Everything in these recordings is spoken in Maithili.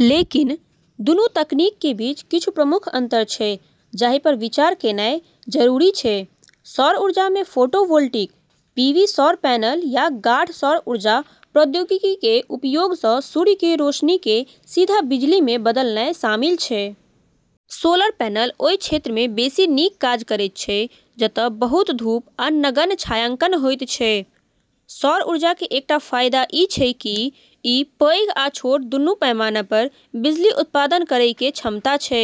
लेकिन, दूनू तकनीक के बीच कुछ प्रमुख अंतर छै जाहि पर विचार कयनाइ जरूरी छै। सौर ऊर्जा मे फोटोवोल्टिक (पीवी) सौर पैनल या गाढ़ सौर ऊर्जा प्रौद्योगिकी के उपयोग सँ सूर्य के रोशनी के सीधा बिजली मे बदलनाय शामिल छै। सोलर पैनल ओय क्षेत्र मे बेसि नीक काज करैत छै जतय बहुत धूप आ नगण्य छायांकन होयत छै। सौर ऊर्जा के एकटा फायदा ई छै की ई पैघ आ छोट दूनू पैमाना पर बिजली उत्पादन करय के क्षमता छै,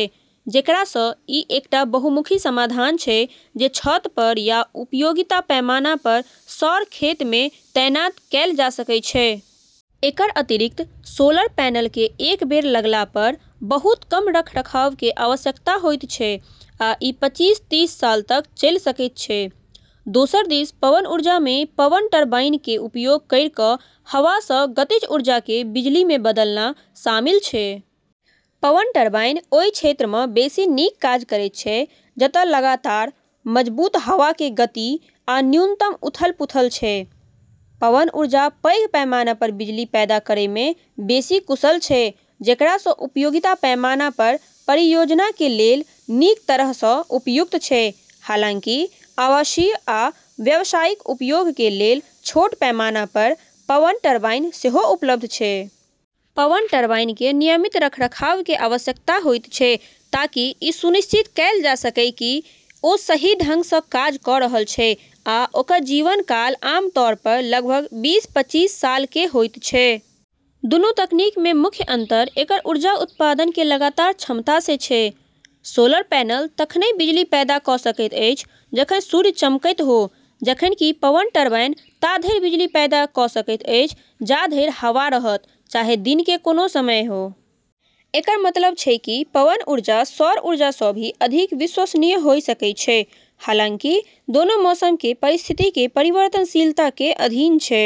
जेकरा सं ई एकटा बहुमुखी समाधान छै जे छत पर या उपयोगिता पैमाना पर सौर खेत मे तैनात कैल जा सकय छै। एकर अतिरिक्त सोलर पैनल के एक बेर लगला पर बहुत कम रखरखाव के आवश्यकता होयत छै, आ ई पचीस-तीस साल तक चलि सकैत छै। दोसर दिस पवन ऊर्जा मे पवन टरबाइन के उपयोग करी कऽ हवा सँ गतिज ऊर्जा के बिजली मे बदलना शामिल छै। पवन टरबाइन ओय क्षेत्र मे बेसि नीक काज करैत छै जतय लगातार, मजबूत हवा के गति आ न्यूनतम उथल-पुथल छै। पवन ऊर्जा पैघ पैमाना पर बिजली पैदा करय मे बेसि कुशल छै, जेकरा सं उपयोगिता पैमाना पर परियोजना के लेल नीक तरह सं उपयुक्त छै, हालांकि आवासीय आ व्यावसायिक उपयोग के लेल छोट पैमाना पर पवन टरबाइन सेहो उपलब्ध छै। पवन टरबाइन के नियमित रखरखाव के आवश्यकता होयत छै, ताकि ई सुनिश्चित कैल जा सकय कि ओ सही ढंग सँ काज कऽ रहल छै, आ ओकर जीवन काल आमतौर पर लगभग बीस-पचीस साल के होइत छै। दूनू तकनीक मे मुख्य अंतर एकर ऊर्जा उत्पादन के लगातार क्षमता मे छै। सोलर पैनल तखनहि बिजली पैदा कऽ सकैत अछि जखन सूर्य चमकैत हो, जखन कि पवन टरबाइन ता धरि बिजली पैदा कऽ सकैत अछि जा धरि हवा रहत, चाहे दिन के कोनो समय हो। एकर मतलब छै कि पवन ऊर्जा सौर ऊर्जा सँ भी अधिक विश्वसनीय होय सकै छै, हालांकि दोनों मौसम के परिस्थिति के परिवर्तनशीलता के अधीन छै।